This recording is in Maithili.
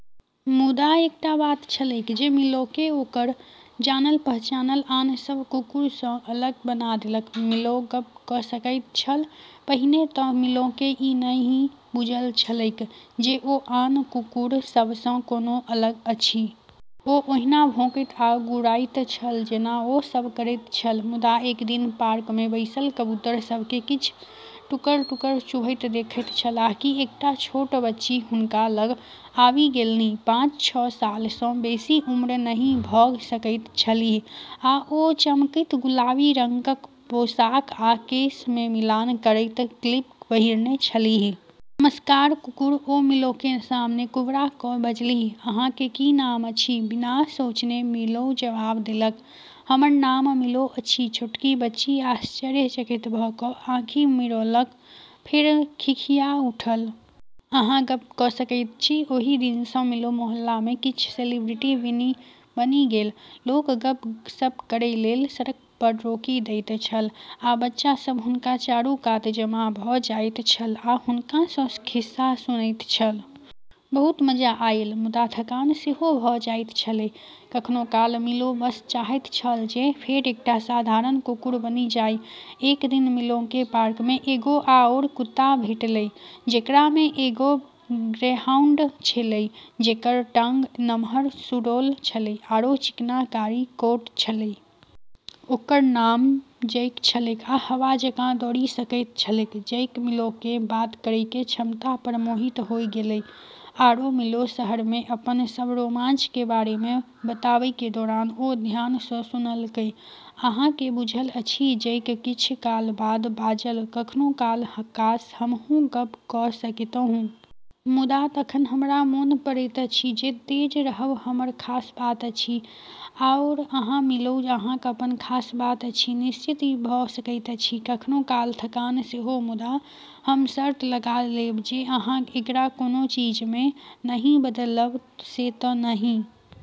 मुदा एकटा बात छलैक जे मिलोकेँ ओकर जानल-पहचानल आन सभ कुकुरसँ अलग बना देलक। मिलो गप्प क' सकैत छल। पहिने तऽ मिलोकेँ ई नहि बुझल छलैक जे ओ आन कुकुर सभसँ कोनो अलग अछि। ओ ओहिना भौंकैत आ गुर्राइत छल जेना ओ सभ करैत छल। मुदा एक दिन पार्कमे बैसल कबूतर सभकेँ किछ टुकड़-टुकड़ चुभैत देखैत छलाह, कि एकटा छोट बच्ची हुनका लग आबि गेलनि। पाँच-छह सालसँ बेसी उम्र नहि भ' सकैत छलीह, आ ओ चमकैत गुलाबी रंगक पोशाक आ केशमे मिलान करैत क्लिप पहिरने छलीह। "नमस्कार कुकुर" ओ मिलोके सामने कुबड़ा क' बजलीह। "अहाँके की नाम अछि? " बिना सोचने मिलो जवाब देलक, "हमर नाम मिलो अछि। " छोटकी बच्ची आश्चर्यचकित भ' क' आँखि मिड़ौलक, फेर खिखिआ उठल। "अहाँ गप्प क' सकैत छी! " ओहि दिन सँ मिलो मोहल्लामे किछ सेलिब्रिटी बनि गेल। लोक गप्प-सप्प करै लेल सड़क पर रोकि दैत छल, आ बच्चा सब हुनका चारू कात जमा भ' जाइत छल आ हुनकासँ खिस्सा सुनैत छल। बहुत मजा आयल, मुदा थकान सेहो भ' जाइत छले । कखनो काल मिलो बस चाहैत छल जे फेर एकटा साधारण कुकुर बनि जाइ । एक दिन मिलोके पार्कमे एगो आओर कुत्ता भेटलै, जेकरामे एगो ग्रेहाउंड छेलै, जेकर टांग नम्हर, सुडौल छलै आरो चिकना कारी कोट छलै। ओकर नाम जैक छलैक, आ हवा जकाँ दौड़ि सकैत छलैक। जैक मिलोके बात करैके क्षमता पर मोहित होइ गेलै, आरो मिलो शहरमे अपन सब रोमांचके बारेमे बताबैके दौरान ओ ध्यानसँ सुनलकै। "अहाँ केँ बुझल अछि," जैक किछ काल बाद बाजल, "कखनो काल काश, हमहूँ गप्प क' सकितहुँ। मुदा तखन हमरा मोन पड़ैत अछि जे तेज रहब हमर खास बात अछि। आओर अहाँ, मिलो, अहाँक अपन खास बात अछि। निश्चित, ई भ' सकैत अछि. " कखनो काल थकान सेहो, मुदा हम शर्त लगा लेब जे अहाँ एकरा कोनो चीजमे नहि बदलब, से त' नहि?